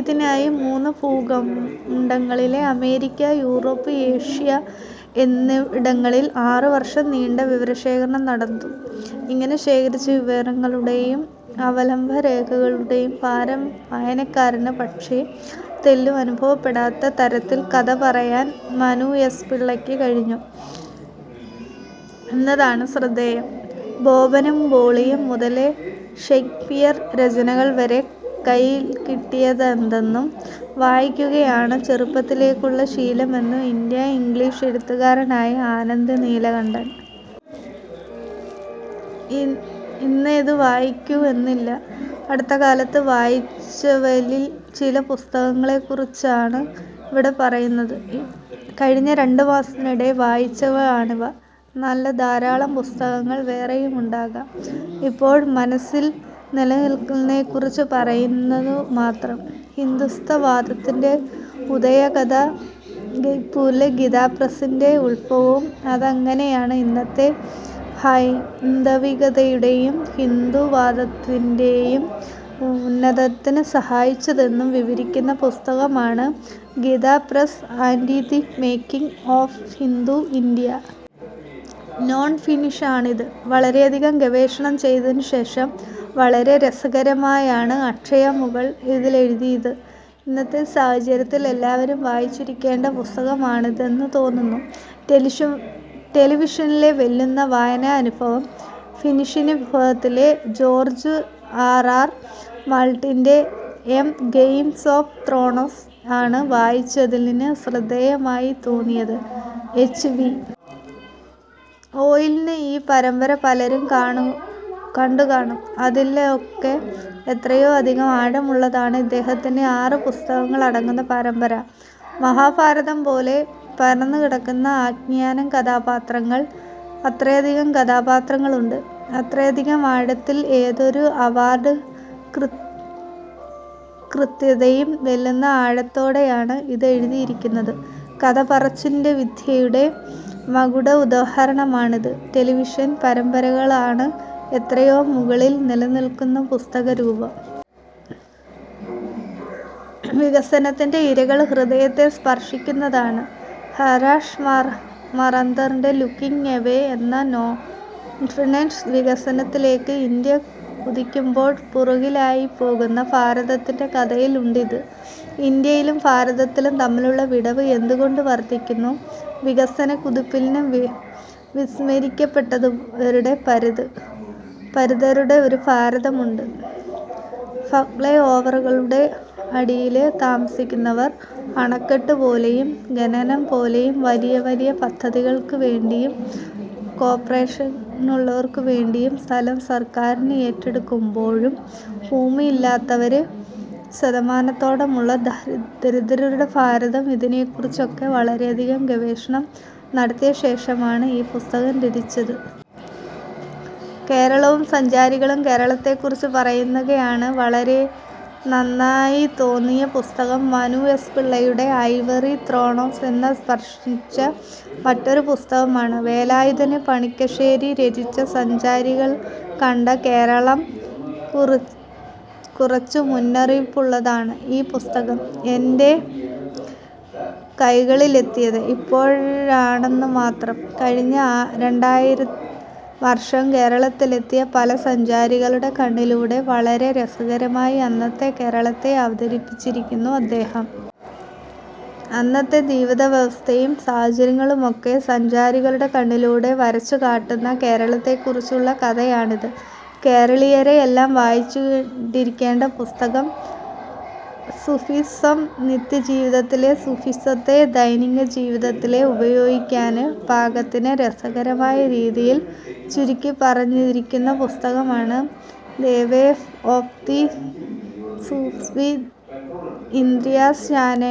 ഇതിനായി മൂന്ന് ഭൂഖണ്ഡങ്ങളില്അമേരിക്ക, Europe, Asia എന്നിവിടങ്ങളില്ആറുവര്ഷം നീണ്ട വിവരശേഖരണം നടന്നു. ഇങ്ങനെ ശേഖരിച്ച വിവരങ്ങളുടെയും അവലംബരേഖകളുടെയും ഭാരം വായനക്കാരന് പക്ഷേ, തെല്ലും അനുഭവപ്പെടാത്ത തരത്തില് കഥ പറയാന് മനു എസ്. പിള്ളയ്ക്ക് കഴിഞ്ഞു എന്നതാണ് ശ്രദ്ധേയം.. 'ബോബനും മോളിയും' മുതല് ഷേക്സ്പിയര് രചനകള് വരെ കൈയില്ക്കിട്ടിയതെന്തും വായിക്കുകയാണ് ചെറുപ്പത്തിലേയുള്ള ശീലമെന്ന് ഇന്ത്യന് ഇംഗ്ലീഷ് എഴുത്തുകാരനായ ആനന്ദ് നീലകണ്ഠന്. ഇന്നതേ വായിക്കൂ എന്നില്ല. അടുത്തകാലത്ത് വായിച്ചവയില് ചില പുസ്തകങ്ങളെക്കുറിച്ചാണിവിടെ പറയുന്നത്. കഴിഞ്ഞ രണ്ടുമാസത്തിനിടെ വായിച്ചവയാണിവ. നല്ല ധാരാളം പുസ്തകങ്ങള് വേറെയുമുണ്ടാവും. ഇപ്പോള് മനസില് നില്ക്കുന്നവയെക്കുറിച്ച് പറയുന്നുവെന്നുമാത്രം. ഹിന്ദുത്വ വാദത്തിന്റെ ഉദയകഥ ഖരഗ്പുരിലെ ഗീതാപ്രസ്സിന്റെ ഉദ്ഭവവും അതെങ്ങനെയാണ് ഇന്നത്തെ ഹൈന്ദവികതയുടെയും ഹിന്ദുവാദത്തിന്റെയും ഉദയത്തിന് സഹായിച്ചതെന്നും വിവരിക്കുന്ന പുസ്തകമാണ് 'Gita Press and the making of Hindu India. ' നോണ്ഫിക്ഷനാണിത്. വളരെയധികം ഗവേഷണം ചെയ്തശേഷം, വളരെ രസകരമായാണ് അക്ഷയ മുകുള് ഇതെഴുതിയത്. ഇന്നത്തെ സാഹചര്യത്തില് എല്ലാവരും വായിച്ചിരിക്കേണ്ട പുസ്തകമാണിതെന്ന് തോന്നുന്നു. ടെലിവിഷനെ വെല്ലുന്ന വായനാനുഭവം ഫിക്ഷന് വിഭാഗത്തില് ജോര്ജ് ആര്. ആര്. മാര്ട്ടിന്റെ 'എ ഗെയിം ഓഫ് ത്രോണ്സ്' ആണ് വായിച്ചതില് ശ്രദ്ധേയമായിത്തോന്നിയത്. എച്ച്. ബി. ഒ. യില് ഈ പരമ്പര പലരും കണ്ടുകാണും. അതിനൊക്കെ എത്രയോ അധികം ആഴമുള്ളതാണ് ഇദ്ദേഹത്തിന്റെ ആറു പുസ്തകങ്ങളടങ്ങുന്ന പരമ്പര. മഹാഭാരതംപോലെ പടര്ന്നുകിടക്കുന്ന ആഖ്യാനം, കഥാപാത്രങ്ങള്. അത്രയധികം കഥാപാത്രങ്ങളുണ്ട്. അത്രയധികം ആഴത്തില്, ഏതൊരു അവാര്ഡ് കൃതിയെയും വെല്ലുന്ന ആഴത്തോടെയാണ് ഇതെഴുതിയിരിക്കുന്നത്. കഥപറച്ചില്വിദ്യയുടെ മകുടോദാഹരണമാണിത്. ടെലിവിഷന് പരമ്പരയെക്കാള് എത്രയോ മുകളില്നിലനിൽക്കുന്ന പുസ്തകരൂപം. വികസനത്തിന്റെ ഇരകള് ഹൃദയത്തെ സ്പര്ശിക്കുന്നതാണ് ഹര്ഷ് മന്തറിന്റെ 'ലുക്കിങ് എവേ' എന്ന നോണ്ഫിക്ഷന്. വികസനത്തിലേക്ക് ഇന്ത്യ കുതിക്കുമ്പോള് പുറകിലായിപ്പോകുന്ന ഭാരതത്തിന്റെ കഥയുണ്ട് ഇതില്. ഇന്ത്യയും ഭാരതവും തമ്മിലുള്ള വിടവ് എന്തുകൊണ്ട് വര്ധിക്കുന്നു. വികസനക്കുതിപ്പില് വിസ്മരിക്കപ്പെട്ടുപോയവരുടെ, പതിതരുടെ ഒരു ഭാരതമുണ്ട്. ഫ്ളൈ ഓവറുകളുടെ അടിയില് താമസിക്കുന്നവര്, അണക്കെട്ടുപോലെയും ഖനനങ്ങള് പോലെയുമുള്ള വലിയവലിയ പദ്ധതികള്ക്കുവേണ്ടിയും കോര്പ്പറേറ്റുകള്ക്കുവേണ്ടിയും സ്ഥലം സര്ക്കാര് ഏറ്റെടുക്കുമ്പോള് ഭൂമിയില്ലാതാവുന്നവര്, ശതമാനത്തോളമുള്ള ദരിദ്രരുടെ ഭാരതം ഇതിനെക്കുറിച്ചൊക്കെ വളരെയധികം ഗവേഷണം നടത്തിയശേഷമാണ് ഈ പുസ്തകം രചിച്ചത്. കേരളവും സഞ്ചാരികളും കേരളത്തെക്കുറിച്ച് പറയുകെയാണ് ,വളരെ നന്നായെന്നുതോന്നിയ പുസ്തകം മനു എസ്. പിള്ളയുടെ 'ഐവറി ത്രോണാ'ണ്. എന്നെ സ്പര്ശിച്ച മറ്റൊരുപുസ്തകമാണ് വേലായുധന് പണിക്കശ്ശേരി രചിച്ച 'സഞ്ചാരികള് കണ്ട കേരളം. ' കുറച്ചുമുമ്പിറങ്ങിയതാണ് ഈ പുസ്തകം. എന്റെ കൈയിലെത്തിയത് ഇപ്പോഴാണെന്നുമാത്രം. കഴിഞ്ഞ രണ്ടായിരം വര്ഷം കേരളത്തിലെത്തിയ പല സഞ്ചാരികളുടെ കണ്ണിലൂടെ വളരെ രസകരമായി അന്നത്തെ കേരളത്തെ അവതരിപ്പിക്കുന്നു അദ്ദേഹം. അന്നത്തെ ജീവിതവ്യവസ്ഥയും സാഹചര്യങ്ങളുമൊക്കെ സഞ്ചാരികളുടെ കണ്ണിലൂടെ വരച്ചുകാട്ടുന്ന, കേരളത്തെക്കുറിച്ചുള്ള കഥയാണിത്. കേരളീയരെല്ലാം വായിച്ചിരിക്കേണ്ട പുസ്തകം. സൂഫിസം നിത്യജീവിതത്തില് സൂഫിസത്തെ ദൈനംദിനജീവിതത്തില് ഉപയോഗിക്കാന് പാകത്തിന് രസകരമായരീതിയില് ചുരുക്കിപ്പറഞ്ഞിരിക്കുന്ന പുസ്തകമാണ് 'the way of the Sufi'. Idries ഷായാണ്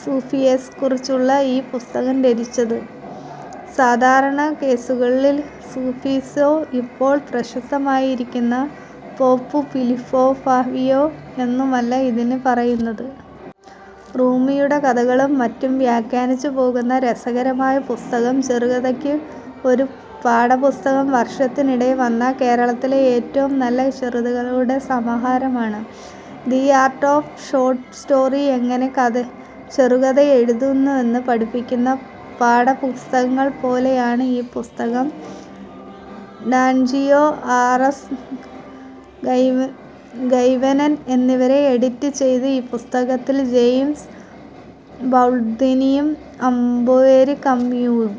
സൂഫിസത്തെക്കുറിച്ചുള്ള ഈ പുസ്തകം രചിച്ചത്. സാധാരണകേള്ക്കുന്ന സൂഫിസമോ ഇപ്പോള് പ്രശസ്തമായിരിക്കുന്ന പോപ്പ് ഫിലോസഫിയോ ഒന്നുമല്ല ഇതില് പറയുന്നത്. റൂമിയുടെ കഥകളും മറ്റും വ്യാഖ്യാനിച്ചുപോകുന്ന രസകരമായ പുസ്തകം. ചെറുകഥയ്ക്ക് ഒരു പാഠപുസ്തകം വര്ഷത്തിനിടെ വന്ന, ലോകത്തിലെ ഏറ്റവും നല്ല ചെറുകഥകളുടെ സമാഹാരമാണ് 'The Art of Short Story. ' എങ്ങനെ ചെറുകഥയെഴുതണമെന്ന് പഠിപ്പിക്കുന്ന പാഠപുസ്തകം പോലെയാണ് ഈ പുസ്തകം. ഡാനാജിയോയാ, ആര്. എസ്. ഗൈ്വന് എന്നിവര് എഡിറ്റ് ചെയ്ത ഈ പുസ്തകത്തില് ജെയിംസ് ബാള്ഡ്വിനും ആല്ബേര് കമ്യുവും